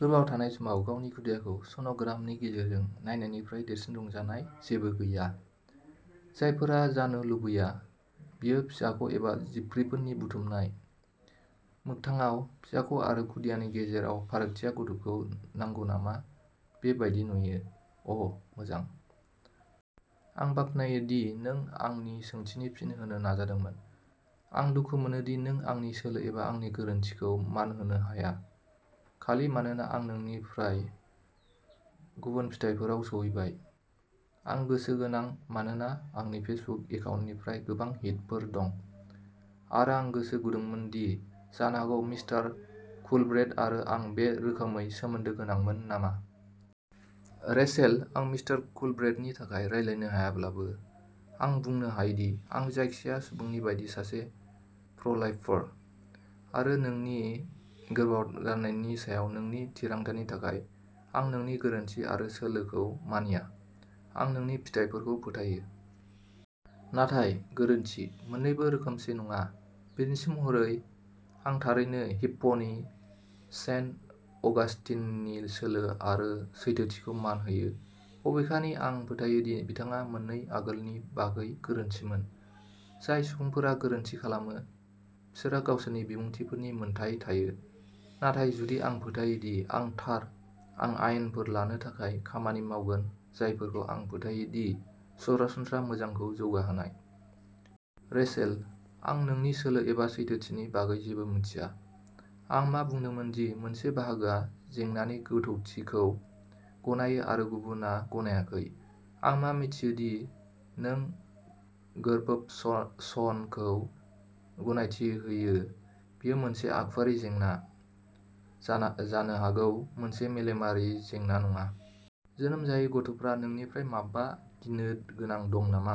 गोर्बोआव थानाय समाव, गावनि खुदियाखौ सन'ग्रामनि गेजेरजों नायनायनिफ्राय देरसिन रंजानाय जेबो गैया। जायफोरा जानो लुबैया, बेयो फिसाख' एबा जिबख्रिफोरनि बुथुमनाय। मोगथाङाव, फिसाख' आरो खुदियानि गेजेराव फारागथिया गथ'खौ नांगौ नामा, बे बायदि नुयो। अ' मोजां। आं बाख्नायो दि नों आंनि सोंथिनि फिन होनो नाजादोंमोन। आं दुखु मोनो दि नों आंनि सोलो एबा आंनि गोरोनथिखौ मान होनो हाया, खालि मानोना आं नोंनिनिफ्राय गुबुन फिथाइफोराव सौहैबाय। आं गोसो गोनां, मानोना आंनि फेसबुक एकाउन्टनिफ्राय गोबां हिटफोर दं, आरो आं गोसो गुदुंमोन दि जानो हागौ मिस्टार कुलब्रेथ आरो आं बे रोखोमै सोमोन्दो गोनांमोन नामा। रेचेल, आं मिस्टार कुलब्रेथनि थाखाय रायज्लायनो हायाब्लाबो, आं बुंनो हायोदि आं जायखिजाया सुबुंनि बायदि सासे प्र'- लाइफार, आरो नोंनि गोर्बोआव गारनायनि सायाव नोंनि थिरांथानि थाखाय आं नोंनि गोरोनथि आरो सोलोखौ मानिया। आं नोंनि फिथाइफोरखौ फोथायो। नाथाय, गोरोन्थि। मोननैबो रोखोमसे नङा। बिदिन्थि महरै, आं थारैनो हिप्प'नि सेन्ट अगास्टिननि सोलो आरो सैथोथिखौ मान होयो, बबेखानि आं फोथायो दि बिथाङा मोननै आगोलनि बागै गोरोन्थिमोन। जाय सुबुंफोरा गोरोन्थि खालामो, बिसोरहा गावसोरनि बिबुंथिफोरनि मोन्थाइ थायो, नाथाय जुदि आं फोथायो दि आं थार, आं आयेनफोर लानो थाखाय खामानि मावगोन जायफोरखौ आं फोथायो दि सरासनस्रा मोजांखौ जौगाहोनाय। रेचेल, आं नोंनि सोलो एबा सैथोथिनि बागै जेबो मिथिया। आं मा बुंदोंमोन दि मोनसे बाहागोआ जेंनानि गोथौथिखौ गनायो आरो गुबुनआ गनायाखै। आं मा मिथियो दि नों गोर्बोबसस'नखौ गनायथि होयो। बेयो मोनसे आखुयारि जेंना जानो हागौ, मोनसे मेलेमारि जेंना नङा। जोनोम जायै गथ'फोरा नोंनिफ्राय माबा गिनो गोनां दं नामा?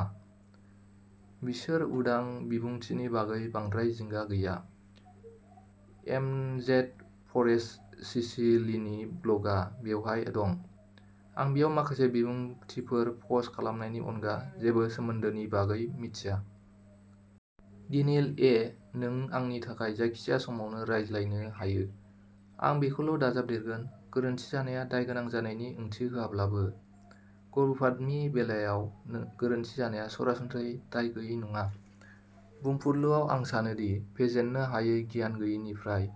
बिसोर उदां बिबुंथिनि बागै बांद्राय जिंगा गैया। एम जेड फरेस्ट सिसिलिनि ब्लगआ बेवहाय दं। आं बेयाव माखासे बिबुंथिफोर पस्ट खालामनायनि अनगा जेबो सोमोन्दोनि बागै मिथिया। डेनियेल ए नों आंनि थाखाय जायखिजाया समावनो रायज्लायनो हायो। आं बेखौल' दाजाबदेरगोन, गोरोन्थि जानाया दायगोनां जानायनि ओंथि होआब्लाबो, गर्भपातनि बेलायाव गोरोन्थि जानाया सरासनस्रायै दाय गैयै नङा। बुंफुरलुआव आं सानो दि फेजेननो हायै गियान गैयैनिफ्राय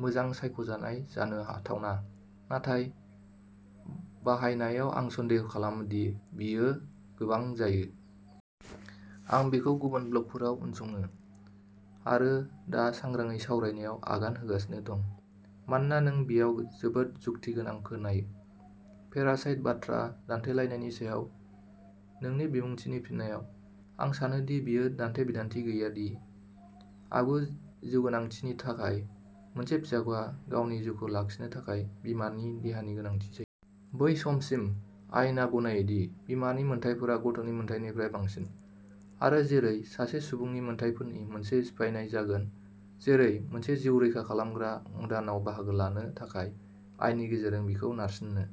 मोजां सायख'नाय जानो हाथावना, नाथाय बाहायनायाव आं सन्देह खालामो दि बेयो गोबां जायो। आं बेखौ गुबुन ब्लगफोराव उनसङो, आरो दा सांग्रांयै सावरायनायाव आगान होगासिनो दं, मानोना नों बेयाव जोबोद जुक्तिगोनां खोनायो। पेरासाइट बाथ्रा दान्थेलायनायनि सायाव नोंनि बिबुंथिनि फिननायाव, आं सानो दि बेयो दान्थे-बिदान्थे गैया दि, आगु-जिउगोनांथिनि थाखाय, मोनसे फिसाख'आ गावनि जिउखौ लाखिनो थाखाय बिमानि देहानि गोनांथि जायो। बै समसिम, आयेना गनायो दि बिमानि मोनथायफोरा गथ'नि मोनथायनिफ्राय बांसिन, आरो, जेरै, सासे सुबुंनि मोनथायफोरनि मोनसे सिफायनाय जागोन, जेरै, मोनसे जिउ रैखा खालामग्रा अंग दान आव बाहागो लानो थाखाय, आयेननि गेजेरजों बिखौ नारसिननो।